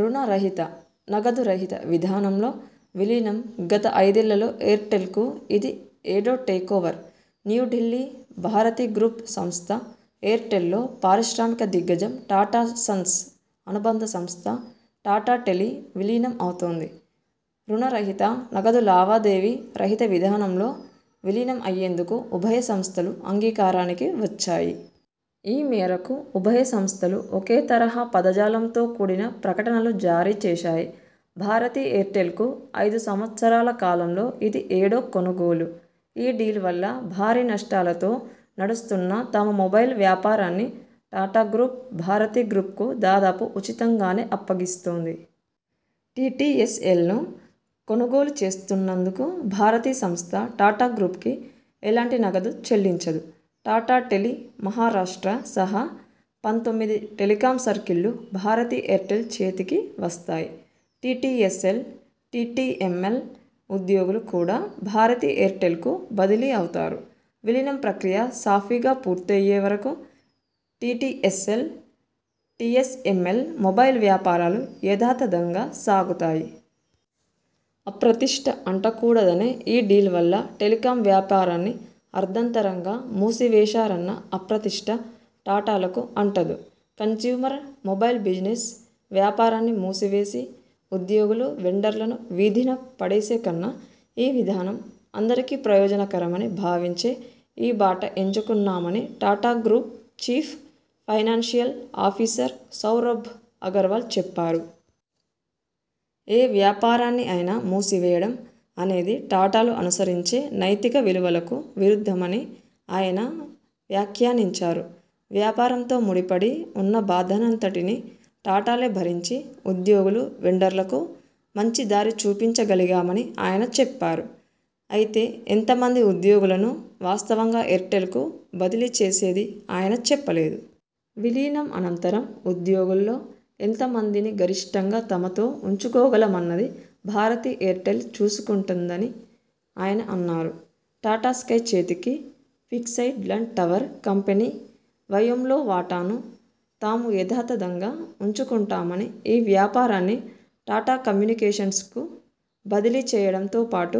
రుణ రహిత, నగదు రహిత విధానంలో విలీనం గత ఐదేళ్లలో ఎయిర్టెల్కు ఇది ఏడో takeover new Delhi Bharti group సంస్థ ఎయిర్టెల్లో పారిశ్రామిక దిగ్గజం టాటా సన్స్ అనుబంధ సంస్థ టాటా టెలి విలీనం అవుతోంది. రుణ రహిత, నగదు లావాదేవీ రహిత విధానంలో విలీనం అయ్యేందుకు ఉభయ సంస్థలు అంగీకారానికి వచ్చాయి. ఈ మేరకు ఉభయ సంస్థలు ఒకే తరహా పద జాలంతో కూడిన ప్రకటనలు జారీ చేశాయి. భారతి ఎయిర్టెల్కు ఐదు సంవత్సరాల కాలంలో ఇది ఏడో కొనుగోలు. ఈ డీల్ వల్ల భారీ నష్టాలతో నడుస్తున్న తమ మొబైల్ వ్యాపారాన్ని టాటా గ్రూప్, భారతి గ్రూప్కు దాదాపు ఉచితం గానే అప్పగిస్తోంది. టిటిఎస్ఎల్ను కొనుగోలు చేస్తున్నందుకు భారతి సంస్థ టాటా గ్రూప్కి ఎలాంటి నగదు చెల్లించదు. టాటా టెలి మహారాష్ట్ర సహా పంతొమ్మిది టెలికాం సర్కిళ్లు భారతి ఎయిర్టెల్ చేతికి వస్తాయి. టిటిఎస్ఎల్, టిటిఎంఎల్ ఉద్యోగులు కూడా భారతి ఎయిర్టెల్కు బదిలీ అవుతారు. విలీనం ప్రక్రియ సాఫీగా పూర్తయ్యే వరకు టిటిఎ్సఎల్, టిఎ్సఎంఎల్ మొబైల్ వ్యాపారాలు యథాతథంగా సాగుతాయి. అప్రతిష్ఠ అంటకూడదనే ఈ డీల్ వల్ల టెలికాం వ్యాపారాన్ని అర్ధంతరంగా మూసివేశారన్న అప్రతిష్ఠ టాటాలకు అంటదు. కన్స్యూమర్ మొబైల్ బిజినెస్ వ్యాపారాన్ని మూసివేసి ఉద్యోగులు, వెండర్లను వీధిన పడేసే కన్నా ఈ విధానం అందరికీ ప్రయోజన కరమని భావించే ఈ బాట ఎంచుకున్నామని Tata group chief financial officer Saurabh Agarwal చెప్పారు. ఏ వ్యాపారాన్ని అయినా మూసివేయడం అనేది టాటాలు అనుసరించే నైతిక విలువలకు విరుద్ధమని ఆయన వ్యాఖ్యానించారు. వ్యాపారంతో ముడిపడి ఉన్న బాధనంతటినీ టాటాలే భరించి ఉద్యోగులు, వెండర్లకు మంచి దారి చూపించ గలిగామని ఆయన చెప్పారు. అయితే ఎంత మంది ఉద్యోగులను వాస్తవంగా ఎయిర్టెల్కు బదిలీ చేసేది ఆయన చెప్పలేదు. విలీనం అనంతరం ఉద్యోగుల్లో ఎంత మందిని గరిష్ఠంగా తమతో ఉంచుకోగల మన్నది భారతి ఎయిర్టెల్ చూసుకుంటుందని ఆయన అన్నారు. టాటా స్కై చేతికి ఫిక్స్డ్లైన్టవర్ కంపెనీ వయోమ్లో వాటాను తాము యథాతథంగా ఉంచుకుంటామని, ఈ వ్యాపారాన్ని టాటా కమ్యూనికేషన్స్కు బదిలీ చేయడంతో పాటు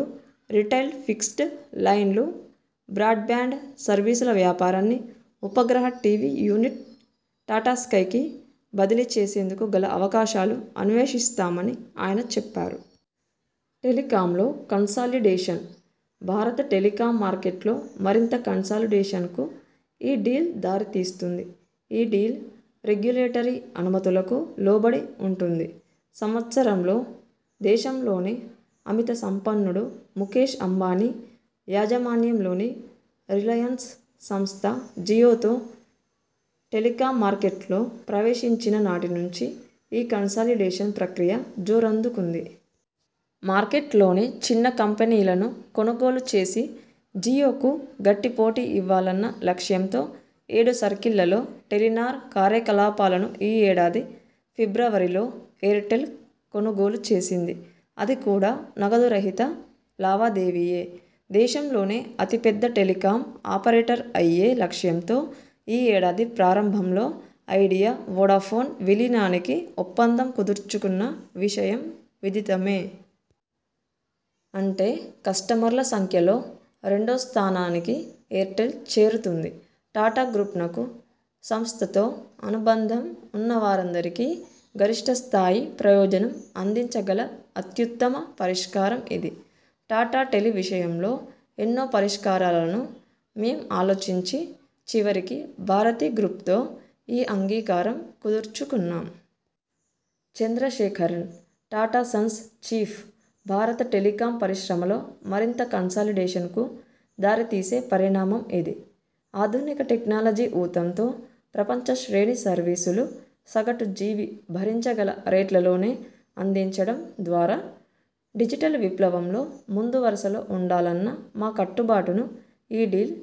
రిటైల్ ఫిక్స్డ్ లైన్లు, బ్రాడ్బ్యాండ్ సర్వీసుల వ్యాపారాన్ని ఉపగ్రహ టివి యూనిట్ టాటా స్కైకి బదిలీ చేసేందుకు గల అవకాశాలు అన్వేషిస్తామని ఆయన చెప్పారు. టెలికాంలో కన్సాలిడేషన్ బారత టెలికాం మార్కెట్లో మరింత కన్సాలిడేషన్కు ఈ డీల్ దారి తీస్తుంది. ఈ డీల్ రెగ్యులేటరీ అనుమతులకు లోబడి ఉంటుంది. సంవత్సరంలో దేశంలోనే అమిత సంపన్నుడు ముకేశ్ అంబానీ యాజమాన్యంలోని రిలయన్స్ సంస్థ జియోతో టెలికాం మార్కెట్లో ప్రవేశించిన నాటి నుంచి ఈ కన్సాలిడేషన్ ప్రక్రియ జోరందుకుంది. మార్కెట్లోని చిన్న కంపెనీలను కొనుగోలు చేసి జియోకు గట్టి పోటీ ఇవ్వాలన్న లక్ష్యంతో ఏడు సర్కిళ్లలో టెలినార్ కార్యకలాపాలను ఈ ఏడాది ఫిబ్రవరిలో ఎయిర్టెల్ కొనుగోలు చేసింది. అది కూడా నగదు రహిత లావాదేవీయే. దేశంలోనే అతి పెద్ద టెలికాం ఆపరేటర్ అయ్యే లక్ష్యంతో ఈ ఏడాది ప్రారంభంలో ఐడియా, వొడాఫోన్ విలీనానికి ఒప్పందం కుదుర్చుకున్న విషయం విదితమే. అంటే కస్టమర్ల సంఖ్యలో రెండో స్థానానికి ఎయిర్టెల్ చేరుతుంది. టాటా గ్రూప్నకు, సంస్థతో అనుబంధం ఉన్న వారందరికీ గరిష్ఠ స్థాయి ప్రయోజనం అందించగల అత్యుత్తమ పరిష్కారం ఇది. టాటా టెలి విషయంలో ఎన్నో పరిష్కారాలను మేం ఆలోచించి చివరికి భారతి గ్రూప్తో ఈ అంగీకారం కుదుర్చుకున్నాం. చంద్రశేఖరన్, టాటా సన్స్ చీఫ్ భారత టెలికాం పరిశ్రమలో మరింత కన్సాలిడేషన్కు దారి తీసే పరిణామం ఇది. ఆధునిక టెక్నాలజీ ఊతంతో ప్రపంచ శ్రేణి సర్వీసులు సగటు జీవి భరించగల రేట్లలోనే అందించడం ద్వారాడిజిటల్ విప్లవంలో ముందు వరుసలో ఉండాలన్న మా కట్టు బాటును ఈ డీల్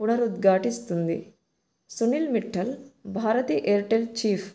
పునరుద్ఘాటిస్తుంది. Sunil Mittal, Bharti Airtel chief